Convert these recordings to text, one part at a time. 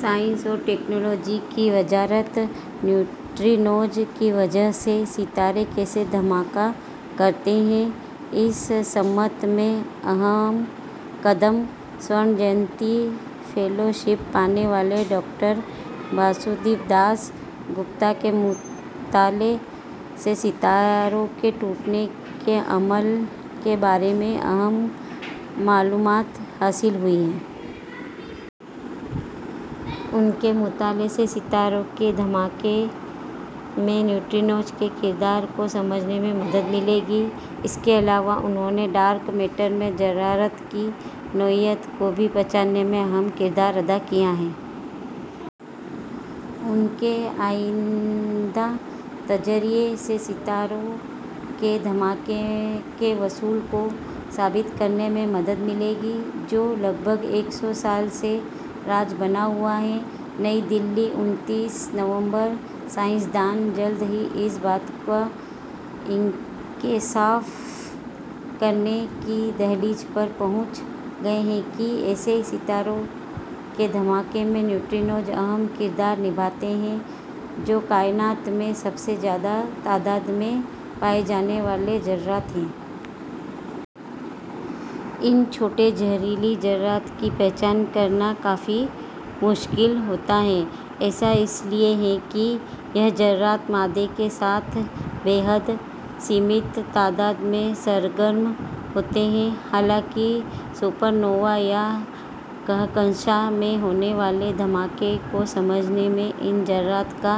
Science اور technology کی وزارت نیوٹرینوز کی وجہ سے ستارے کیسے دھماکہ کرتے ہیں، اس سمت میں اہم قدم۔ سورن جینتی فیلو شپ پانے والے ڈاکٹر باسودیب داس گپتا کے مطالعے سے ستاروں کے ٹوٹنے کے عمل کے بارے میں اہم معلومات حاصل ہوئی ہیں۔ ان کے مطالعے سے ستاروں کے دھماکے میں نیوٹرینوز کے کردار کو سمجھنے میں مدد ملے گی۔ اس کے علاوہ، انہوں نے ڈارک میٹر کے ذرات کی نوعیت کو بھی پہچاننے میں اہم کردار ادا کیا ہے۔ ان کے آئندہ تجربات سے ستاروں کے دھماکے کے اصول کو ثابت کرنے میں مدد ملے گی، جو تقریباً ایک سو سال سے راز بنا ہوا ہے۔ نئی دہلی، انتیس نومبر: سائنس دان جلد ہی اس بات کا انکشاف کرنے کی دہلیز پر پہنچ گئے ہیں کہ ایسے ستاروں کے دھماکے میں نیوٹرینوز اہم کردار نبھاتے ہیں، جو کائنات میں سب سے زیادہ تعداد میں پائے جانے والے ذرات ہیں۔ ان چھوٹے جوہری ذرات کی پہچان کرنا کافی مشکل ہوتا ہے۔ ایسا اس لیے ہے کہ یہ ذرات مادے کے ساتھ بے حد محدود تعداد میں سرگرم ہوتے ہیں۔ حالانکہ سپرنووا یا کہکشاں میں ہونے والے دھماکے کو سمجھنے میں ان ذرات کا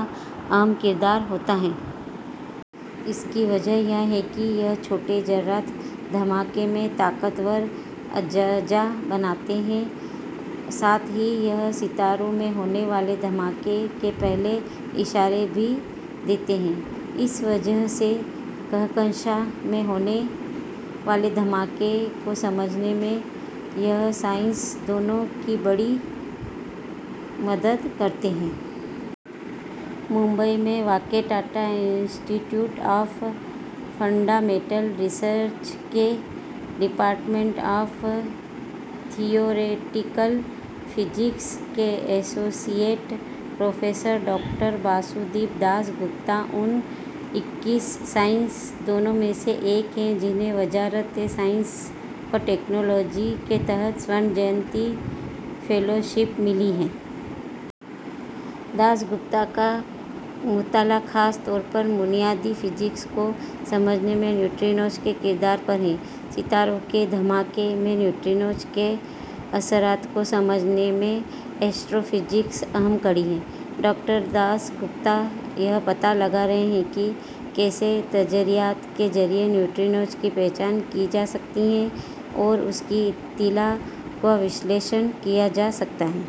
اہم کردار ہوتا ہے۔ اس کی وجہ یہ ہے کہ یہ چھوٹے ذرات دھماکے میں طاقتور اجزا بناتے ہیں۔ ساتھ ہی، یہ ستاروں میں ہونے والے دھماکے کے پہلے اشارے بھی دیتے ہیں۔ اس وجہ سے کہکشاں میں ہونے والے دھماکے کو سمجھنے میں یہ سائنس دانوں کی بڑی مدد کرتے ہیں۔ ممبئی میں واقع Tata institute of fundamental research کے ڈپارٹمنٹ آف تھیوریٹیکل فزکس کے associate professor doctor Basudeb Das Gupta ان اکیس سائنس دانوں میں سے ایک ہیں، جنہیں وزارت سائنس و ٹیکنالوجی کے تحت سورن جینتی فیلو شپ ملی ہے۔ داس گپتا کا مطالعہ خاص طور پر بنیادی فزکس کو سمجھنے میں نیوٹرینوز کے کردار پر ہے۔ ستاروں کے دھماکے میں نیوٹرینوز کے اثرات کو سمجھنے میں ایسٹرو فزکس اہم کڑی ہے۔ ڈاکٹر داس گپتا یہ پتہ لگا رہے ہیں کہ کیسے تجربات کے ذریعے نیوٹرینوز کی پہچان کی جا سکتی ہے اور اس کی اطلاع کا تجزیہ کیا جا سکتا ہے۔